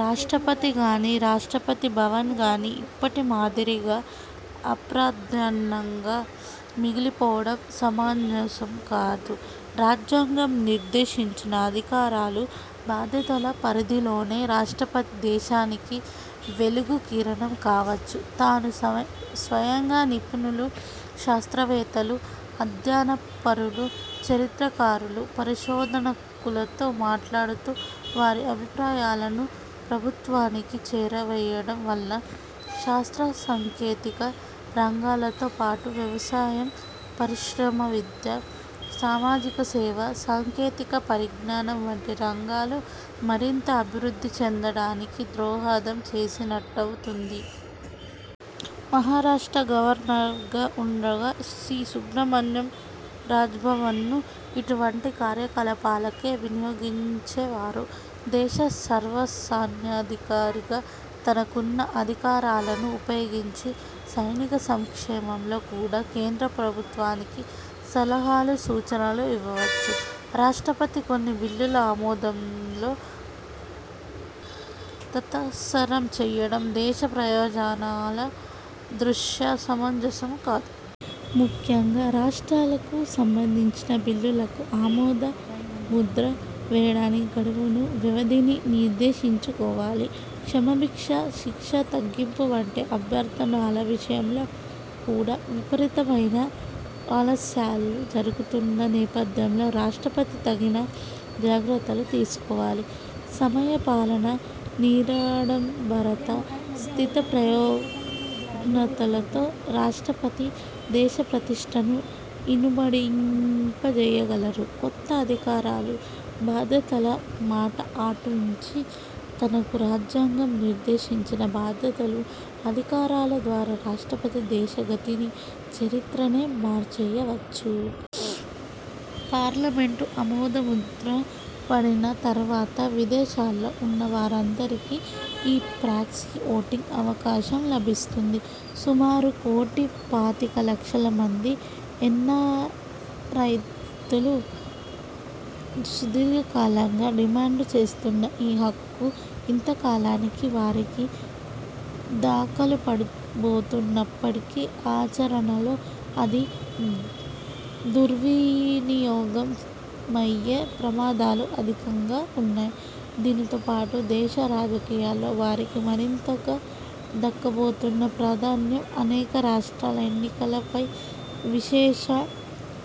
రాష్ట్రపతి గానీ, రాష్ట్రపతి భవన్ గానీ ఇప్పటి మాదిరిగా అప్రాధాన్యంగా మిగిలిపోవడం సమంజసం కాదు. రాజ్యాంగం నిర్దేశించిన అధికారాలు, బాధ్యతల పరిధిలోనే రాష్ట్రపతి దేశానికి వెలుగు కిరణం కావచ్చు. తాను స్వయంగా నిపుణులు, శాస్త్రవేత్తలు, అధ్యయనపరులు, చరిత్రకారులు, పరిశోధకులతో మాట్లాడుతూ, వారి అభిప్రాయాలను ప్రభుత్వానికి చేరవేయడం వల్ల శాస్త్రసాంకేతిక రంగాలతో పాటు వ్యవసాయం, పరిశ్రమ, విద్య, సామాజిక సేవ, సాంకేతిక పరిజ్ఞానం వంటి రంగాలు మరింత అభివృద్ధి చెందడానికి దోహదం చేసినట్టవుతుంది. మహారాష్ట్ర గవర్నర్గా ఉండగా సి. సుబ్రహ్మణ్యం రాజ్భవన్ను ఇటువంటి కార్యకలాపాలకే వినియోగించేవారు. దేశ సర్వసైన్యాధికారిగా తనకున్న అధికారాలను ఉపయోగించి సైనిక సంక్షేమంలో కూడా కేంద్ర ప్రభుత్వానికి సలహాలు, సూచనలు ఇవ్వవచ్చు. రాష్ట్రపతి కొన్ని బిల్లుల ఆమోదంలో తాత్సారం చేయడం దేశ ప్రయోజనాల దృష్ట్యా సమంజసం కాదు. ముఖ్యంగా రాష్ర్టాలకు సంబంధించిన బిల్లులకు ఆమోదముద్ర వేయడానికి గడువును, వ్యవధిని నిర్దేశించుకోవాలి. క్షమాభిక్ష, శిక్ష తగ్గింపు వంటి అభ్యర్థనల విషయంలో కూడా విపరీతమైన ఆలస్యాలు జరుగుతున్న నేపథ్యంలో రాష్ట్రపతి తగిన జాగ్రత్తలు తీసుకోవాలి. సమయ పాలన, నిరాడంబరత, స్థితప్రజ్ఞతలతో రాష్ట్రపతి దేశ ప్రతిష్ఠను ఇనుమడింపజేయగలరు. కొత్త అధికారాలు, బాధ్యతల మాట అటుంచి, తనకు రాజ్యాంగం నిర్దేశించిన బాధ్యతలు, అధికారాల ద్వారా రాష్ట్రపతి దేశ గతిని, చరిత్రనే మార్చేయవచ్చు. పార్లమెంటు ఆమోదముద్ర పడిన తరువాత, విదేశాల్లో ఉన్నవారందరికీ ఈ 'ప్రాక్సీ ఓటింగ్' అవకాశం లభిస్తుంది. సుమారు కోటీ పాతికలక్షల మంది ఎన్నారైలు సుదీర్ఘకాలంగా డిమాండుచేస్తున్న ఈ హక్కు ఇంతకాలానికి వారికి దఖలుపడబోతున్నప్పటికీ, ఆచరణలో అది దుర్వినియోగమయ్యే ప్రమాదాలు అధికంగా ఉన్నాయి. దీనితోపాటు దేశ రాజకీయాల్లో వారికి మరింతగా దక్కబోతున్న ప్రాధాన్యం అనేక రాష్ట్రాల ఎన్నికలపై విశేష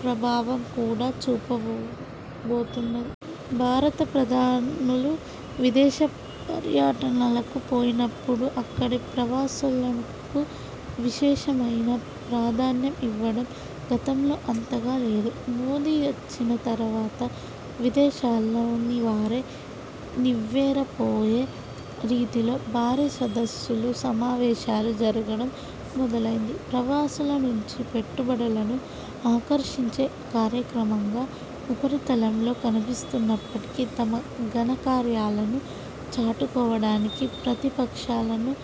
ప్రభావం కూడా చూపబోతున్నది. భారత ప్రధానులు విదేశ పర్యటనలకు పోయినప్పుడు అక్కడి ప్రవాసులకు విశేషమైన ప్రాధాన్యం ఇవ్వడం గతంలో అంతగా లేదు. మోదీ వచ్చిన తరువాత, విదేశాల్లోనివారే నివ్వెరపోయే రీతిలో భారీ సదస్సులు, సమావేశాలు జరగడం మొదలైంది. ప్రవాసులనుంచి పెట్టుబడులను ఆకర్షించే కార్యక్రమంగా ఉపరితలంలో కనిపిస్తున్నప్పటికీ, తమ ఘనకార్యాలను చాటుకోవడానికీ, ప్రతిపక్షాలను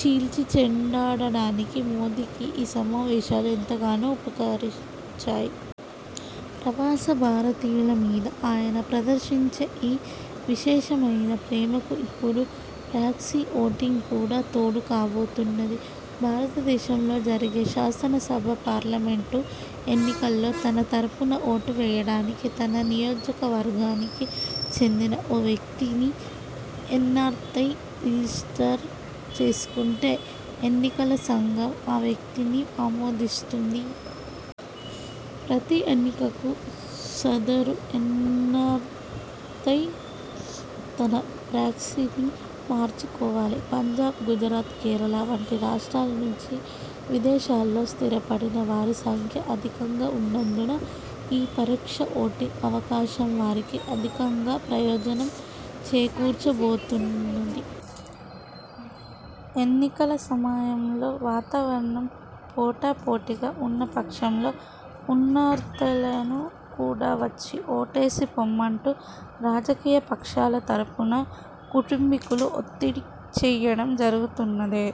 చీల్చిచెండాడడానికీ మోదీకి ఈ సమావేశాలు ఎంతగానో ఉపకరించాయి. ప్రవాస భారతీయుల మీద ఆయన ప్రదర్శించే ఈ విశేషమైన ప్రేమకు ఇప్పుడు ప్రాక్సీ ఓటింగ్ కూడా తోడుకాబోతున్నది. భారతదేశంలో జరిగే శాసనసభ, పార్లమెంటు ఎన్నికల్లో తన తరఫున ఓటుచేయడానికి తన నియోజకవర్గానికి చెందిన ఓ వ్యక్తిని ఎన్నారై రిజిస్టర్ చేసుకుంటే ఎన్నికల సంఘం ఆ వ్యక్తిని ఆమోదిస్తుంది. ప్రతీ ఎన్నికకు సదరు ఎన్నారై తన ప్రాక్సీని మార్చుకోవాలి. పంజాబ్, గుజరాత్, కేరళ వంటి రాష్ట్రాల నుంచి విదేశాల్లో స్థిరపడిన వారి సంఖ్య అధికంగా ఉన్నందున ఈ పరోక్ష ఓటింగ్ అవకాశం వారికి అధికంగా ప్రయోజనం చేకూర్చబోతున్నది. ఎన్నికల సమయంలో వాతావరణం పోటాపోటీగా ఉన్నపక్షంలో ఎన్నారైలను కూడా వచ్చి ఓటేసి పొమ్మంటూ రాజకీయపక్షాల తరఫున కుటుంబీకులు ఒత్తిడిచేయడం జరుగుతున్నదే.